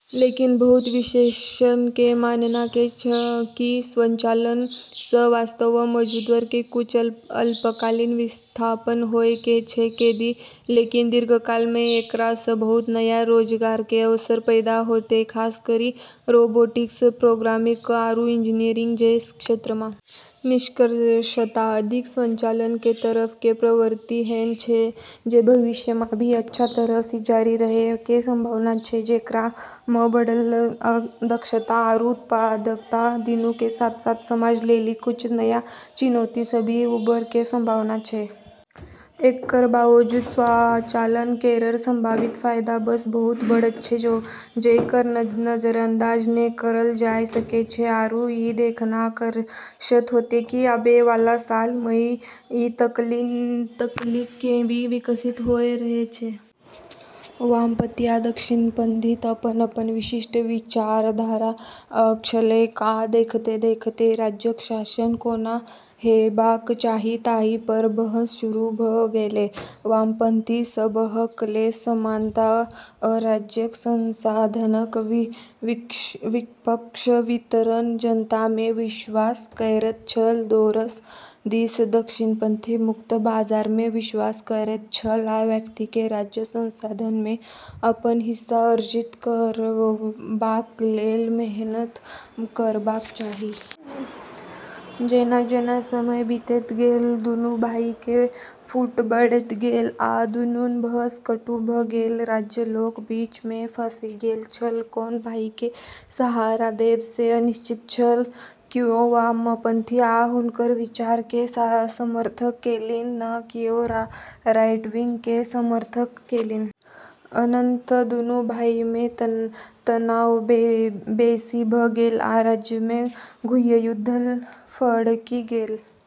लेकिन बहुत विशेषज्ञऽ के मानना छै कि स्वचालन स॑ वास्तव म॑ मजदूरऽ के कुछ अल्पकालिक विस्थापन होय सकै छै, लेकिन दीर्घकाल म॑ एकरा स॑ बहुत नया रोजगार के अवसर पैदा होतै, खास करी क॑ रोबोटिक्स, प्रोग्रामिंग आरू इंजीनियरिंग जैसनऽ क्षेत्रऽ म॑। निष्कर्षतः, अधिक स्वचालन के तरफ के प्रवृत्ति ऐन्हऽ छै जे भविष्य म॑ भी अच्छा तरह स॑ जारी रहै के संभावना छै, जेकरा म॑ बढ़लऽ दक्षता आरू उत्पादकता दूनू के साथ-साथ समाज लेली कुछ नया चुनौती स॑ भी उबर॑ के संभावना छै। एकरऽ बावजूद स्वचालन केरऽ संभावित फायदा बस बहुत बड़ऽ छै जेकरा नजरअंदाज नै करलऽ जाय सकै छै, आरू ई देखना आकर्षक होतै कि आबै वाला सालऽ म॑ ई तकनीक केना विकसित होय रहलऽ छै। वामपंथी आ दक्षिणपंथीक अपन-अपन विशिष्ट विचारधारा छलैक, आ देखैत-देखैत, राज्यक शासन कोना हेबाक चाही ताहि पर बहस शुरू भ' गेलै. वामपंथी सबहक लेल समानता आ राज्यक संसाधनक निष्पक्ष वितरण जनता मे विश्वास करैत छल दोसर दिस दक्षिणपंथी मुक्त बाजार मे विश्वास करैत छल आ व्यक्ति केँ राज्यक संसाधन मे अपन हिस्सा अर्जित करबाक लेल मेहनत करबाक चाही। जेना-जेना समय बीतैत गेल, दुनू भाइ मे फूट बढ़ैत गेल, आ दुनूक बहस कटु भ' गेल। राज्यक लोक बीच मे फँसि गेल छल, कोन भाइ केँ सहारा देब से अनिश्चित छल। कियो वामपंथी आ हुनकर विचार के समर्थन केलनि, त कियो राइटविंग के समर्थन केलनि। अन्ततः दुनू भाइ मे तनाव बेसी भ गेल, आ राज्य मे गृहयुद्ध भड़कि गेल।